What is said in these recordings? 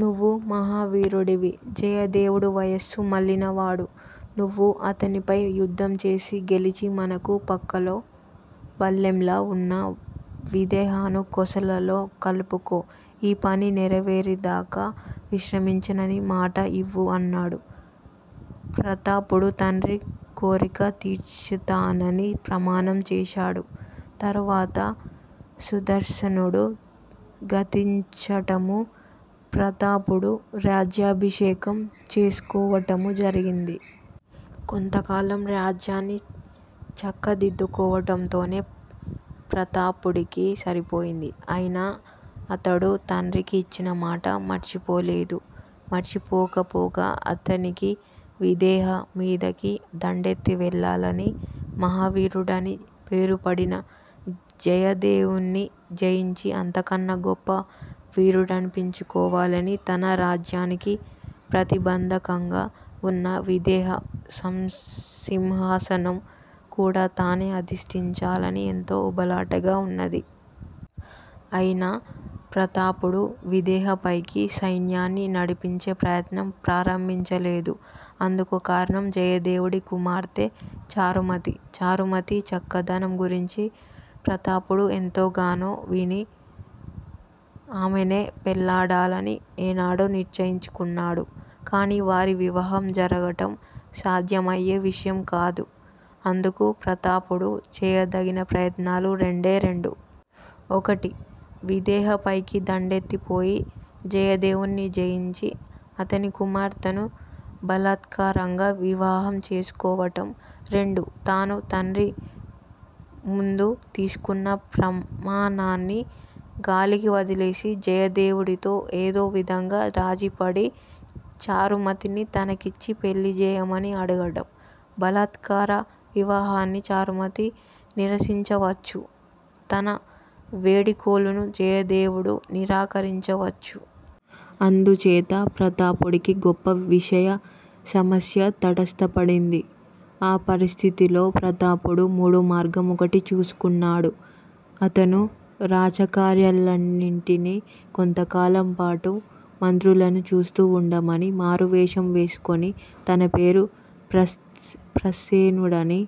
నువ్వు మహావీరుడివి. జయదేవుడు వయస్సు మళ్ళినవాడు. నువ్వు అతనిపై యుద్ధంచేసి, గెలిచి మనకు పక్కలో బల్లెంలా వున్న విదేహను కోసలలో కలుపుకో! ఈ పని నెరవేరినదాకా విశ్రమించనని మాట ఇవ్వు అన్నాడు. ప్రతాపుడు తండ్రి కోరిక తీర్చుతానని ప్రమాణం చేశాడు. తరువాత సుదర్సనుడు గతించటమూ, ప్రతాపుడు రాజ్యాభిషేకం చేసుకోవటమూ జరిగింది. కొంతకాలం రాజ్యాన్ని చక్కదిద్దుకోవటంతోనే ప్రతాపుడికి సరిపోయింది. అయినా అతడు తండ్రికి ఇచ్చినమాట మరిచిపోలేదు. మరిచిపోకపోగా అతనికి విదేహ మీదికి దండెత్తి వెళ్ళాలనీ, మహావీరుడని పేరుపడిన జయదేవున్ని జయించి, అంతకన్నా గొప్ప వీరుడనిపించుకోవాలనీ, తన రాజ్యానికి ప్రతిబంధకంగా వున్న విదేహ సింహాసనం కూడా తానే అధిష్టించాలనీ ఎంతో ఉబలాటంగా ఉన్నది. అయినా ప్రతాపుడు విదేహ పైకి సైన్యాన్ని నడిపించే ప్రయత్నం ప్రారంభించలేదు. అందుకు కారణం జయదేవుడి కుమార్తె చారుమతి. చారుమతి చక్కదనం గురించి ప్రతాపుడు ఎంతగానో విని, ఆమెనే పెళ్ళాడాలని ఏనాడో నిశ్చయించుకున్నాడు. కానీ వారి వివాహం జరగటం సాధ్యమయ్యే విషయం కాదు. అందుకు ప్రతాపుడు చేయదగిన ప్రయత్నాలు రెండే రెండు. ఒకటి- విదేహ పైకి దండెత్తిపోయి, జయదేవున్ని జయించి, అతని కుమార్తెను బలాత్కారంగా వివాహం చేసుకోవటం, రెండు తాను తండ్రి ముందు తీసుకున్న ప్రమాణాన్ని గాలికి వదిలేసి, జయదేవుడితో ఏదో విధంగా రాజీపడి, చారుమతిని తనకిచ్చి పెళ్ళిచెయ్యమని అడగటం. బలాత్కార వివాహాన్ని చారుమతి నిరసించవచ్చు. తన వేడికోలును జయదేవుడు నిరాకరించవచ్చు. అందుచేత ప్రతాపుడికి గొప్ప విషయ సమస్య తటస్థపడింది. ఆ పరిస్థితిలో ప్రతాపుడు మూడోమార్గం ఒకటి చూసుకున్నాడు. అతను రాచకార్యాలన్నిటినీ కొంతకాలంపాటు మంత్రులను చూస్తూ వుండమని, మారువేషం వేసుకుని, తన పేరు ప్రసేనుడని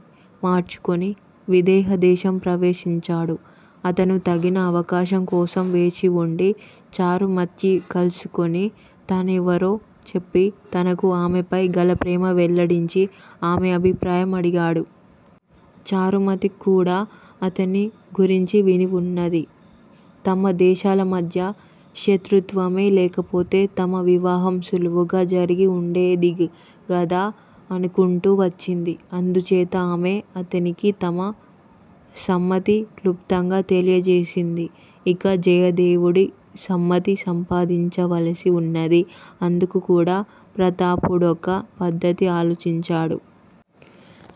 మార్చుకుని విదేహ దేశం ప్రవేశించాడు. అతను తగిన అవకాశం కోసం వేచివుండి చారుమత్య్ని కలుసుకుని, తానెవరో చెప్పి, తనకు ఆమెపై గల ప్రేమ వెల్లడించి, ఆమె అభిప్రాయం అడిగాడు. చారుమతి కూడా అతన్ని గురించి వినివున్నది. తమ దేశాల మధ్య శత్రుత్వమే లేకపోతే తమ వివాహం సులువుగా జరిగి ఉండేదిగదా అనుకుంటూ వచ్చింది. అందుచేత ఆమె అతనికి తమ సమ్మతి క్లుప్తంగా తెలియజేసింది. ఇక జయదేవుడి సమ్మతి సంపాదించవలసి వున్నది. అందుకు కూడా ప్రతాపుడొక పద్దతి ఆలోచించాడు.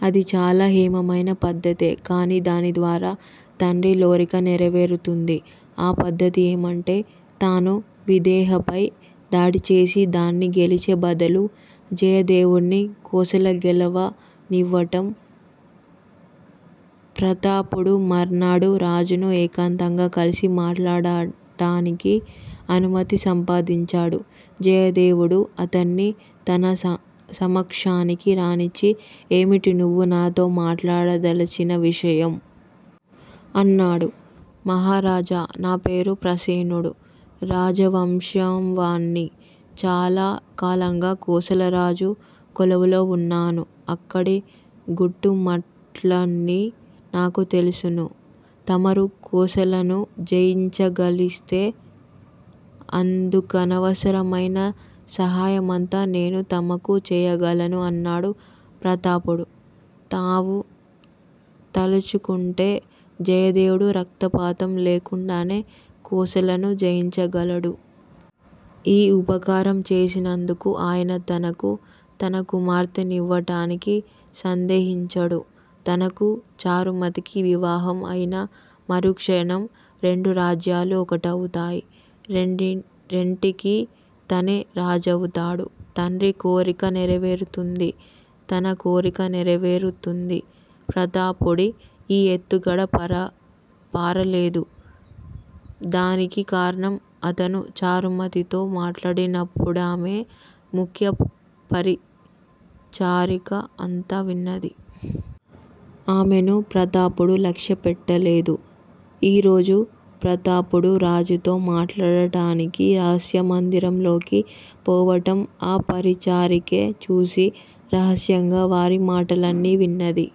అది చాలా హేమమైన పద్దతే! కాని దానిద్వారా తండ్రి లోరిక నెరవేరుతుంది. ఆ పద్దతి ఏమంటే, తాను విదేహపై దాడిచేసి దాన్ని గెలిచే బదులు, జయదేవున్ని కోసల గెలవ నివ్వటం! ప్రతాపుడు మర్నాడు రాజును ఏకాంతంగా కలిసి మాట్లాడటానికి అనుమతి సంపాదించాడు. జయదేవుడు అతన్ని తన సమక్షానికి రానిచ్చి ఏమిటి నువ్వు నాతో మాట్లాడదలచిన విషయం? అన్నాడు. మహారాజా, నా పేరు ప్రసేనుడు. రాజవంశంవాణ్ణి. చాలా కాలంగా కోసల రాజు కొలువులో వున్నాను. అక్కడి గుట్టుమట్లన్నీ నాకు తెలుసును. తమరు కోసలను జయించగలిస్తే, అందుకనవసరమైన సహాయమంతా నేను తమకు చెయ్యగలను అన్నాడు ప్రతాపుడు. తావు తలుచుకుంటే జయదేవుడు రక్తపాతం లేకుండానే కోసలను జయించగలడు. ఈ ఉపకారం చేసినందుకు ఆయన తనకు తన కుమార్తె నివ్వటానికి సందేహించడు. తనకూ చారుమతికీ వివాహం అయిన మరుక్షణం రెండు రాజ్యాలూ ఒకటవుతాయి, రెంటికీ తనే రాజవుతాడు. తండ్రి కోరికా నెరవేరుతుంది. తన కోరికా నెరవేరుతుంది. ప్రతాపుడి ఈ ఎత్తుగడ పారలేదు. దానికి కారణం అతను చారుమతితో మాట్లాడినప్పుడామె ముఖ్య పరిచారిక అంతా విన్నది. ఆమెను ప్రతాపుడు లక్ష్యపెట్టలేదు. ఈ రోజు ప్రతాపుడు రాజుతో మాట్లాడటానికి రహస్య మందిరంలోకి పోవటం ఆ పరిచారికే చూసి, రహస్యంగా వారి మాటలన్నీ విన్నది.